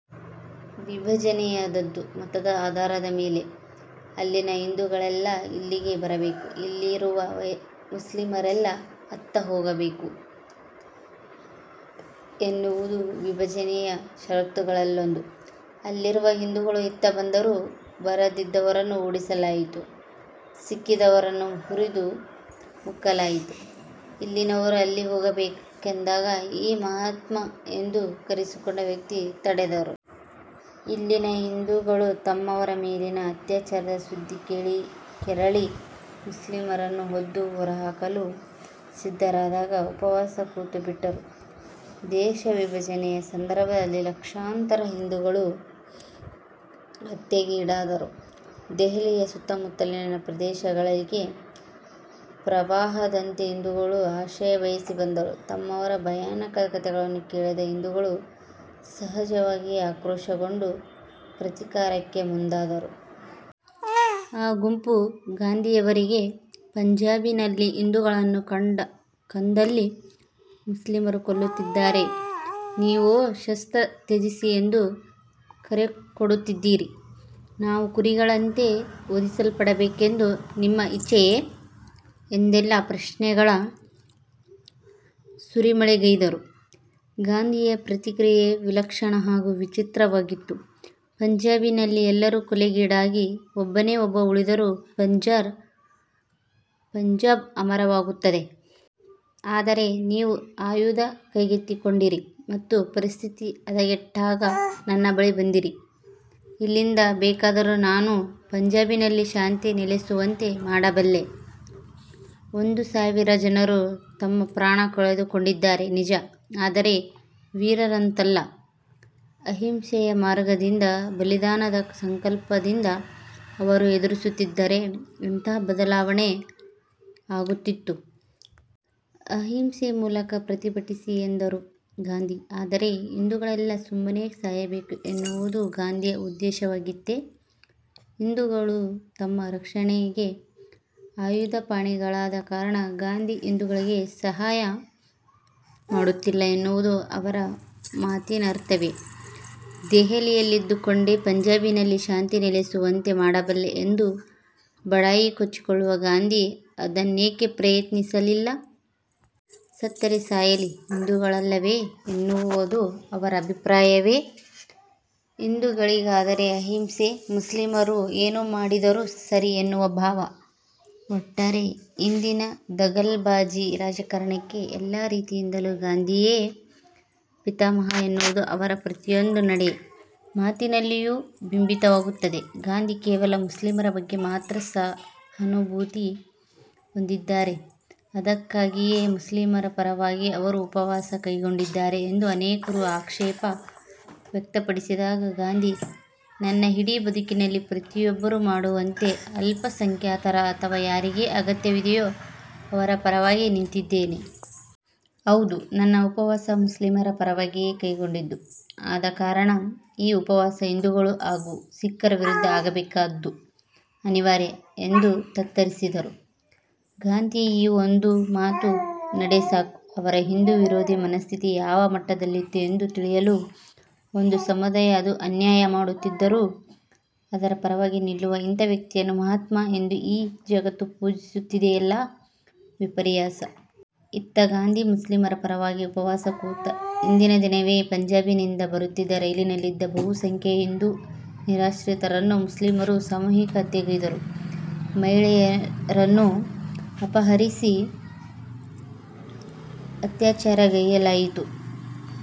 ವಿಭಜನೆಯಾದದ್ದು ಮತದ ಆಧಾರದ ಮೇಲೆ. ಅಲ್ಲಿನ ಹಿಂದೂಗಳೆಲ್ಲಾ ಇಲ್ಲಿಗೆ ಬರಬೇಕು. ಇಲ್ಲಿರುವ ಮುಸ್ಲಿಮರೆಲ್ಲಾ ಅತ್ತ ಹೋಗಬೇಕು ಎನ್ನುವುದೂ ವಿಭಜನೆಯ ಷರತ್ತುಗಳಲ್ಲೊಂದು. ಅಲ್ಲಿರುವ ಹಿಂದೂಗಳು ಇತ್ತ ಬಂದರು. ಬರದಿದ್ದವರನ್ನು ಓಡಿಸಲಾಯಿತು. ಸಿಕ್ಕಿದವರನ್ನು ಹುರಿದು ಮುಕ್ಕಲಾಯಿತು. ಇಲ್ಲಿನವರು ಅಲ್ಲಿ ಹೋಗಬೇಕೆಂದಾಗ ಈ ಮಹಾತ್ಮ ಎಂದು ಕರೆಸಿಕೊಂಡ ವ್ಯಕ್ತಿ ತಡೆದರು. ಇಲ್ಲಿನ ಹಿಂದೂಗಳು ತಮ್ಮವರ ಮೇಲಿನ ಅತ್ಯಾಚಾರದ ಸುದ್ದಿ ಕೇಳಿ ಕೆರಳಿ ಮುಸ್ಲಿಮರನ್ನು ಒದ್ದು ಹೊರಹಾಕಲು ಸಿದ್ಧರಾದಾಗ ಉಪವಾಸ ಕೂತುಬಿಟ್ಟರು. ದೇಶವಿಭಜನೆಯ ಸಂದರ್ಭದಲ್ಲಿ ಲಕ್ಷಾಂತರ ಹಿಂದೂಗಳು ಹತ್ಯೆಗೀಡಾದರು. ದೆಹಲಿಯ ಸುತ್ತಮುತ್ತಲಿನ ಪ್ರದೇಶಗಳಿಗೆ ಪ್ರವಾಹದಂತೆ ಹಿಂದೂಗಳು ಆಶ್ರಯ ಬಯಸಿ ಬಂದರು. ತಮ್ಮವರ ಭಯಾನಕ ಕಥೆಗಳನ್ನು ಕೇಳಿದ ಹಿಂದೂಗಳು ಸಹಜವಾಗಿಯೇ ಆಕ್ರೋಶಗೊಂಡು ಪ್ರತೀಕಾರಕ್ಕೆ ಮುಂದಾದರು. ಅ ಗುಂಪು ಗಾಂಧಿಯವರಿಗೆ " ಪಂಜಾಬಿನಲ್ಲಿ ಹಿಂದೂಗಳನ್ನು ಕಂಡಕಂದಲ್ಲಿ ಮುಸ್ಲಿಮರು ಕೊಲ್ಲುತ್ತಿದ್ದಾರೆ. ನೀವೋ ಶಸ್ತ್ರ ತ್ಯಜಿಸಿ ಎಂದು ಕರೆಕೊಡುತ್ತಿದ್ದೀರಿ. ನಾವು ಕುರಿಗಳಂತೆ ವಧಿಸಲ್ಪಡಬೇಕೆಂದು ನಿಮ್ಮ ಇಚ್ಛೆಯೇ? " ಎಂದೆಲ್ಲಾ ಪ್ರಶ್ನೆಗಳ ಸುರಿಮಳೆಗೈದರು. ಗಾಂಧಿಯ ಪ್ರತಿಕ್ರಿಯೆ ವಿಲಕ್ಷಣ ಹಾಗೂ ವಿಚಿತ್ರವಾಗಿತ್ತು. "ಪಂಜಾಬಿನಲ್ಲಿ ಎಲ್ಲರೂ ಕೊಲೆಗೀಡಾಗಿ ಒಬ್ಬನೇ ಒಬ್ಬ ಉಳಿದರೂ ಪಂಜಾಬ್ ಅಮರವಾಗುತ್ತದೆ. ಆದರೆ ನೀವು ಆಯುಧ ಕೈಗೆತ್ತಿಕೊಂಡಿರಿ ಮತ್ತು ಪರಿಸ್ಥಿತಿ ಹದಗೆಟ್ಟಾಗ ನನ್ನ ಬಳಿ ಬಂದಿರಿ. ಇಲ್ಲಿಂದ ಬೇಕಾದರೂ ನಾನು ಪಂಜಾಬಿನಲ್ಲಿ ಶಾಂತಿ ನೆಲೆಸುವಂತೆ ಮಾಡಬಲ್ಲೆ. ಒಂದು ಸಾವಿರ ಜನರು ತಮ್ಮ ಪ್ರಾಣ ಕಳೆದುಕೊಂಡಿದ್ದಾರೆ ನಿಜ. ಆದರೆ ವೀರರಂತಲ್ಲ. ಅಹಿಂಸೆಯ ಮಾರ್ಗದಿಂದ, ಬಲಿದಾನದ ಸಂಕಲ್ಪದಿಂದ ಅವರು ಎದುರಿಸುತ್ತಿದ್ದರೆ ಎಂಥ ಬದಲಾವಣೆ ಆಗುತ್ತಿತ್ತು. ಅಹಿಂಸೆ ಮೂಲಕ ಪ್ರತಿಭಟಿಸಿ" ಎಂದರು ಗಾಂಧಿ.. ಅಂದರೆ ಹಿಂದೂಗಳೆಲ್ಲಾ ಸುಮ್ಮನೆ ಸಾಯಬೇಕು ಎನ್ನುವುದು ಗಾಂಧಿಯ ಉದ್ದೇಶವಾಗಿತ್ತೇ? ಹಿಂದೂಗಳು ತಮ್ಮ ರಕ್ಷಣೆಗೆ ಆಯುಧಪಾಣಿಗಳಾದ ಕಾರಣ ಗಾಂಧಿ ಹಿಂದೂಗಳಿಗೆ ಸಹಾಯ ಮಾಡುತ್ತಿಲ್ಲ ಎನ್ನುವುದು ಅವರ ಮಾತಿನರ್ಥವೇ? ದೆಹಲಿಯಲ್ಲಿದ್ದುಕೊಂಡೇ ಪಂಜಾಬಿನಲ್ಲಿ ಶಾಂತಿ ನೆಲೆಸುವಂತೆ ಮಾಡಬಲ್ಲೆ ಎಂದು ಬಡಾಯಿಕೊಚ್ಚಿಕೊಳ್ಳುವ ಗಾಂಧಿ ಅದನ್ನೇಕೆ ಪ್ರಯತ್ನಿಸಲಿಲ್ಲ. ಸತ್ತರೆ ಸಾಯಲಿ, ಹಿಂದೂಗಳಲ್ಲವೇ ಎನ್ನುವುದು ಅವರ ಅಭಿಪ್ರಾಯವೇ? ಹಿಂದೂಗಳಿಗಾದರೆ ಅಹಿಂಸೆ, ಮುಸ್ಲಿಮರು ಏನು ಮಾಡಿದರೂ ಸರಿ ಎನ್ನುವ ಭಾವ! ಒಟ್ಟಾರೆ ಇಂದಿನ ದಗಲ್ಬಾಜಿ ರಾಜಕಾರಣಕ್ಕೆ ಎಲ್ಲಾ ರೀತಿಯಿಂದಲೂ ಗಾಂಧಿಯೇ ಪಿತಾಮಹ ಎನ್ನುವುದು ಅವರ ಪ್ರತಿಯೊಂದು ನಡೆ, ಮಾತಿನಲ್ಲಿಯೂ ಬಿಂಬಿತವಾಗುತ್ತದೆ. ಗಾಂಧಿ ಕೇವಲ ಮುಸ್ಲಿಮರ ಬಗ್ಗೆ ಮಾತ್ರ ಸಹಾನುಭೂತಿ ಹೊಂದಿದ್ದಾರೆ, ಅದಕ್ಕಾಗಿಯೇ ಮುಸ್ಲಿಮರ ಪರವಾಗಿ ಅವರು ಉಪವಾಸ ಕೈಗೊಂಡಿದ್ದಾರೆ ಎಂದು ಅನೇಕರು ಆಕ್ಷೇಪ ವ್ಯಕ್ತಪಡಿಸಿದಾಗ ಗಾಂಧಿ, "ನನ್ನ ಇಡೀ ಬದುಕಿನಲ್ಲಿ ಪ್ರತಿಯೊಬ್ಬರೂ ಮಾಡುವಂತೆ ಅಲ್ಪಸಂಖ್ಯಾತರ ಅಥವಾ ಯಾರಿಗೆ ಅಗತ್ಯವಿದೆಯೋ ಅವರ ಪರವಾಗಿ ನಿಂತಿದ್ದೇನೆ. ಹೌದು ನನ್ನ ಉಪವಾಸ ಮುಸ್ಲಿಮರ ಪರವಾಗಿಯೇ ಕೈಗೊಂಡಿದ್ದು. ಆದಕಾರಣ ಈ ಉಪವಾಸ ಹಿಂದೂಗಳು ಹಾಗೂ ಸಿಖ್ಖರ ವಿರುದ್ಧ ಆಗಬೇಕಾದ್ದು ಅನಿವಾರ್ಯ" ಎಂದುತ್ತರಿಸಿದರು.. ಗಾಂಧಿಯ ಈ ಒಂದು ಮಾತು-ನಡೆ ಸಾಕು, ಅವರ ಹಿಂದೂ ವಿರೋಧಿ ಮನಸ್ಥಿತಿ ಯಾವ ಮಟ್ಟದಲ್ಲಿತ್ತು ಎಂದು ತಿಳಿಯಲು. ಒಂದು ಸಮುದಾಯ ಅದು ಅನ್ಯಾಯ ಮಾಡುತ್ತಿದ್ದರೂ, ಅದರ ಪರವಾಗಿ ನಿಲ್ಲುವ ಇಂತಹ ವ್ಯಕ್ತಿಯನ್ನು ಮಹಾತ್ಮ ಎಂದು ಈ ಜಗತ್ತು ಪೂಜಿಸುತ್ತಿದೆಯಲ್ಲ, ವಿಪರ್ಯಾಸ! ಇತ್ತ ಗಾಂಧಿ ಮುಸ್ಲಿಮರ ಪರವಾಗಿ ಉಪವಾಸ ಕೂತ ಹಿಂದಿನ ದಿನವೇ ಪಂಜಾಬಿನಿಂದ ಬರುತ್ತಿದ್ದ ರೈಲಿನಲ್ಲಿದ್ದ ಬಹುಸಂಖ್ಯೆಯ ಹಿಂದೂ ನಿರಾಶ್ರಿತರನ್ನು ಮುಸ್ಲಿಮರು ಸಾಮೂಹಿಕ ಹತ್ಯೆಗೈದರು. ಮಹಿಳೆಯರನ್ನು ಅಪಹರಿಸಿ ಅತ್ಯಾಚಾರಗೈಯ್ಯಲಾಯಿತು.